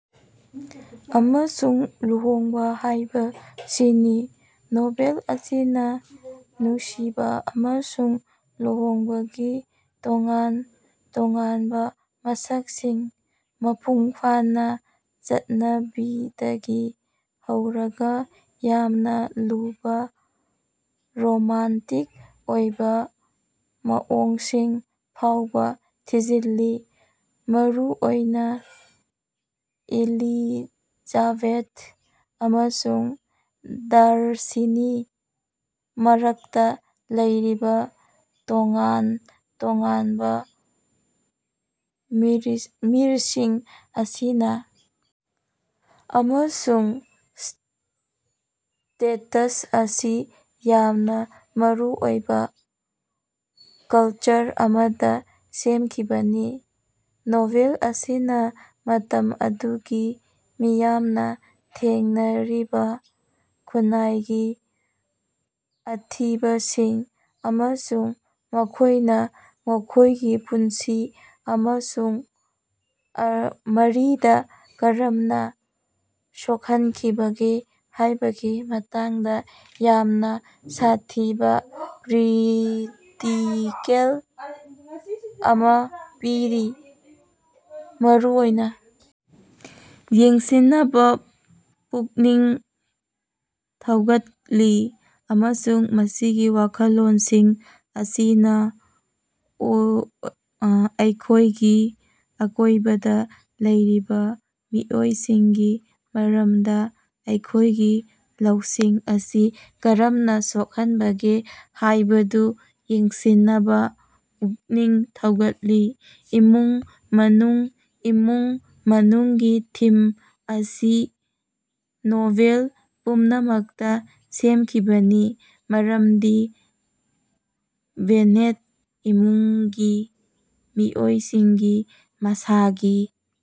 ꯑꯃꯁꯨꯡ ꯂꯨꯍꯣꯡꯕ ꯍꯥꯏꯕꯁꯤꯅꯤ꯫ ꯅꯣꯚꯦꯜ ꯑꯁꯤꯅ ꯅꯨꯡꯁꯤꯕ ꯑꯃꯁꯨꯡ ꯂꯨꯍꯣꯡꯕꯒꯤ ꯇꯣꯉꯥꯟ ꯇꯣꯉꯥꯟꯕ ꯃꯁꯛꯁꯤꯡ, ꯃꯄꯨꯡ ꯐꯥꯅ ꯆꯠꯅꯕꯤꯗꯒꯤ ꯍꯧꯔꯒ ꯌꯥꯝꯅ ꯂꯨꯕ ꯔꯣꯃꯥꯟꯇꯤꯛ ꯑꯣꯏꯕ ꯃꯑꯣꯡꯁꯤꯡ ꯐꯥꯎꯕ ꯊꯤꯖꯤꯜꯂꯤ꯫ ꯃꯔꯨ ꯑꯣꯏꯅ ꯑꯦꯂꯤꯖꯥꯕꯦꯊ ꯑꯃꯁꯨꯡ ꯗꯥꯔꯁꯤꯒꯤ ꯃꯔꯛꯇ ꯂꯩꯔꯤꯕ ꯇꯣꯉꯥꯟ ꯇꯣꯉꯥꯟꯕ ꯃꯔꯤꯁꯤꯡ ꯑꯁꯤꯅ ꯑꯃꯁꯨꯡ ꯁ꯭ꯇꯦꯇꯁ ꯑꯁꯤ ꯌꯥꯝꯅ ꯃꯔꯨꯑꯣꯏꯕ ꯀꯜꯆꯔ ꯑꯃꯗ ꯁꯦꯝꯈꯤꯕꯅꯤ꯫ ꯅꯣꯚꯦꯜ ꯑꯁꯤꯅ ꯃꯇꯝ ꯑꯗꯨꯒꯤ ꯃꯤꯌꯥꯝꯅ ꯊꯦꯡꯅꯔꯤꯕ ꯈꯨꯟꯅꯥꯏꯒꯤ ꯑꯊꯤꯡꯕꯁꯤꯡ ꯑꯃꯁꯨꯡ ꯃꯈꯣꯏꯅ ꯃꯈꯣꯏꯒꯤ ꯄꯨꯟꯁꯤ ꯑꯃꯁꯨꯡ ꯃꯔꯤꯗ ꯀꯔꯝꯅ ꯁꯣꯛꯍꯟꯈꯤꯕꯒꯦ ꯍꯥꯏꯕꯒꯤ ꯃꯇꯥꯡꯗ ꯌꯥꯝꯅ ꯁꯥꯊꯤꯕ ꯀ꯭ꯔꯤꯇꯤꯀꯦꯜ ꯑꯃ ꯄꯤꯔꯤ, ꯃꯔꯨ ꯑꯣꯏꯅ ꯌꯦꯡꯁꯤꯟꯅꯕꯥ ꯄꯨꯛꯅꯤꯡ ꯊꯧꯒꯠꯂꯤ, ꯑꯃꯁꯨꯡ ꯃꯁꯤꯒꯤ ꯋꯥꯈꯜꯂꯣꯟꯁꯤꯡ ꯑꯁꯤꯅꯥ ꯑꯩꯈꯣꯏꯒꯤ ꯑꯀꯣꯏꯕꯗ ꯂꯩꯔꯤꯕꯥ ꯃꯤꯑꯣꯏꯁꯤꯡꯒꯤ ꯃꯔꯝꯗ ꯑꯩꯈꯣꯏꯒꯤ ꯂꯧꯁꯤꯡ ꯑꯁꯤ ꯀꯔꯝꯅ ꯁꯣꯛꯍꯟꯕꯒꯦ ꯍꯥꯌꯕꯗꯨ ꯌꯦꯡꯁꯤꯟꯅꯕꯥ ꯄꯨꯛꯅꯤꯡ ꯊꯧꯒꯠꯂꯤ꯫ ꯏꯃꯨꯡ-ꯃꯅꯨꯡ ꯏꯃꯨꯡ-ꯃꯅꯨꯡꯒꯤ ꯊꯤꯝ ꯑꯁꯤ ꯅꯣꯚꯦꯜ ꯄꯨꯝꯅꯃꯛꯇꯥ ꯁꯦꯝꯈꯤꯕꯅꯤ, ꯃꯔꯝꯗꯤ ꯕꯦꯅꯦꯠ ꯏꯃꯨꯡꯒꯤ ꯃꯤꯑꯣꯏꯁꯤꯡꯒꯤ ꯃꯁꯥꯒꯤ